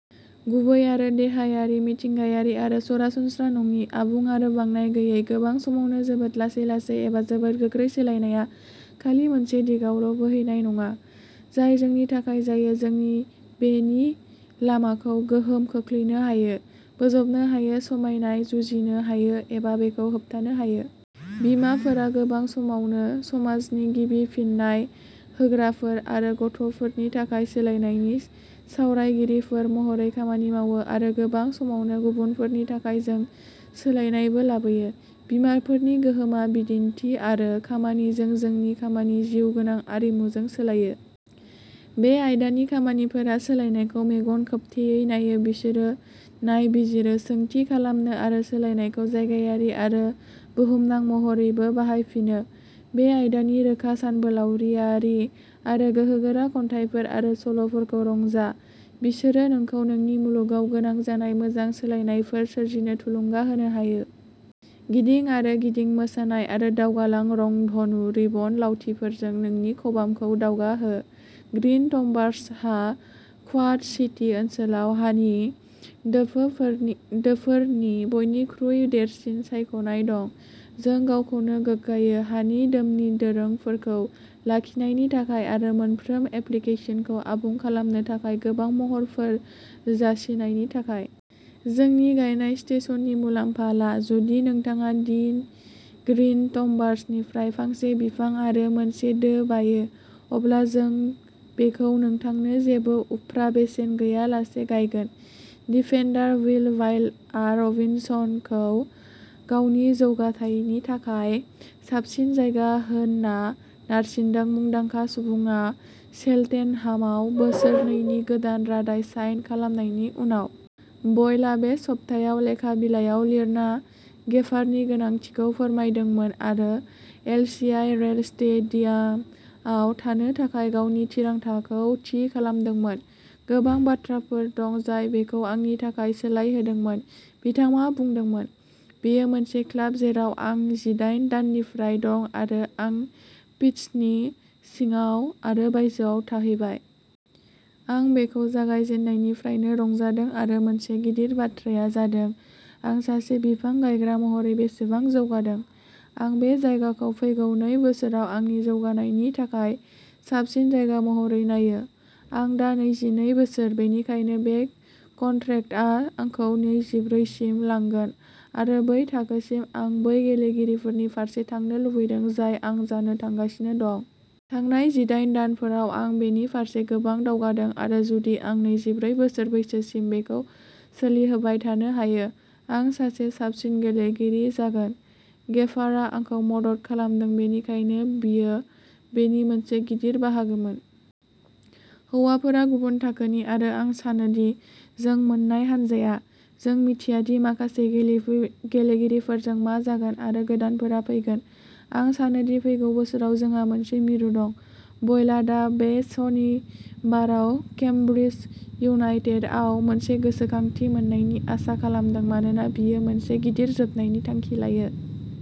गुबै आरो देहायारि मिथिंगायारि आरो सरासनस्रा नङि, आबुं आरो बांनाय गैयै, गोबां समावनो जोबोद लासै-लासै एबा जोबोद गोख्रै सोलायनायआ खालि मोनसे दिगावल' बोहैनाय नङा, जाय जोंनि थाखाय जायो जों बेनि लामाखौ गोहोम खोख्लैनो हायो, बोजबनो हायो, समायनाय जुजिनो हायो एबा बेखौ होबथानो हायो। बिमाफोरा गोबां समावनो समाजनि गिबि फिन्नाय होग्राफोर आरो गथ'फोरनि थाखाय सोलायनायनि सावरायगिरिफोर महरै खामानि मावो आरो गोबां समावनो गुबुनफोरनि थाखाय जों सोलायनायबो लाबोयो। बिमाफोरनि गोहोमआ बिदिन्थि आरो खामानिजों जोंनि खामानि जिउ गोनां आरिमुजों सोलायो। बे आयदानि खामानिफोरा सोलायनायखौ मेगन खोबथेयै नायो बिसोरो नायबिजिरो, सोंथि खालामनो आरो सोलायनायखौ जायगायारि आरो बुहुमनां महरैबो बाहायफिनो। बे आयदानि रोखा सानबोलावरियारि आरो गोहोगोरा खन्थाइफोर आरो सल'फोरखौ रंजा। बिसोरो नोंखौ नोंनि मुलुगाव गोनां जानाय मोजां सोलायनायफोर सोरजिनो थुलुंगा होनो हायो। गिदिं आरो गिदिं मोसानाय आरो दावगालां रंधनु रिबन लावथिफोरजों नोंनि खबामखौ दावगाहो। ग्रीन थम्बार्सहा क्वाड सिटी ओनसोलाव हानि दोफो फोरनि दोफोरनि बयनिख्रुइ देरसिन सायख'नाय दं। जों गावखौनो गोग्गायो! हानि दोमनि दोरोंफोरखौ लाखिनायनि थाखाय आरो मोनफ्रोम एप्लिकेसनखौ आबुं खालामनो थाखाय गोबां महरफोर जासिनायनि थाखाय। जोंनि गायनाय स्टेशननि मुलाम्फा ला। जुदि नोंथाङा दि ग्रिन थम्बार्सनिफ्राय फांसे बिफां आरो मोनसे दो बायो, अब्ला जों बेखौ नोंथांनो जेबो उफ्रा बेसेन गैयालासे गायगोन। डिफेन्डार विल बायलआ र'बिन्सखौ गावनि जौगाथायनि थाखाय साबसिन जायगा होनना नारसिनदों मुंदांखा सुबुंआ चेल्टेनहामाव बोसोरनैनि गोदान रादाय साइन खालामनायनि उनाव। बयलआ बे सप्तायाव लेखा बिलाइयाव लिरना गेफारनि गोनांथिखौ फोरमायदोंमोन आरो एलसिआइ रेल स्टेडियामाव थानो थाखाय गावनि थिरांथाखौ थि खालामदोंमोन। गोबां बाथ्राफोर दं जाय बेखौ आंनि थाखाय सोलायहोदोंमोन, बिथाङा बुंदोंमोन। बेयो मोनसे क्लाब जेराव आं जिदायन दाननिफ्राय दं आरो आं पिच्चनि सिङाव आरो बायजोआव थाहैबाय। आं बेखौ जागायजेन्नायनिफ्रायनो रंजादों आरो मोनसे गिदिर बाथ्राया जादों आं सासे बिफां गायग्रा महरै बेसेबां जौगादों। आं बे जायगाखौ फैगौ नै बोसोराव आंनि जौगानायनि थाखाय साबसिन जायगा महरै नायो। आं दा नैजिनै बोसोर, बेनिखायनो बे कन्ट्रेक्टआ आंखौ नैजिब्रै सिम लांगोन आरो बै थाखोसिम आं बै गेलेगिरिनि फारसे थांनो लुबैदों, जाय आं जानो थांगासिनो दं। थांनाय जिदायन दानफोराव आं बेनि फारसे गोबां दावगादों आरो जुदि आं नैजिब्रै बोसोर बैसोसिम बेखौ सोलिहोबाय थानो हायो, आं सासे साबसिन गेलेगिरि जागोन। गेफारआ आंखौ मदद खालामदों, बेनिखायनो बियो बेनि मोनसे गिदिर बाहागोमोन। हौवाफोरा गुबुन थाखोनि आरो आं सानोदि जों मोननाय हानजाया, जों मिथिया दि माखासे गेलेगि गेलेगिरिफोरजों मा जागोन आरो गोदानफोरा फैगोन, आं सानोदि फैगौ बोसोराव जोंहा मोनसे मिरु दं। बयलआ दा बे सनिबाराव केम्ब्रिज इउनाइटेडआव मोनसे गोसोखांथि मोन्नायनि आसा खालामदों मानोना बियो मोनसे गिदिर जोबनायनि थांखि लायो।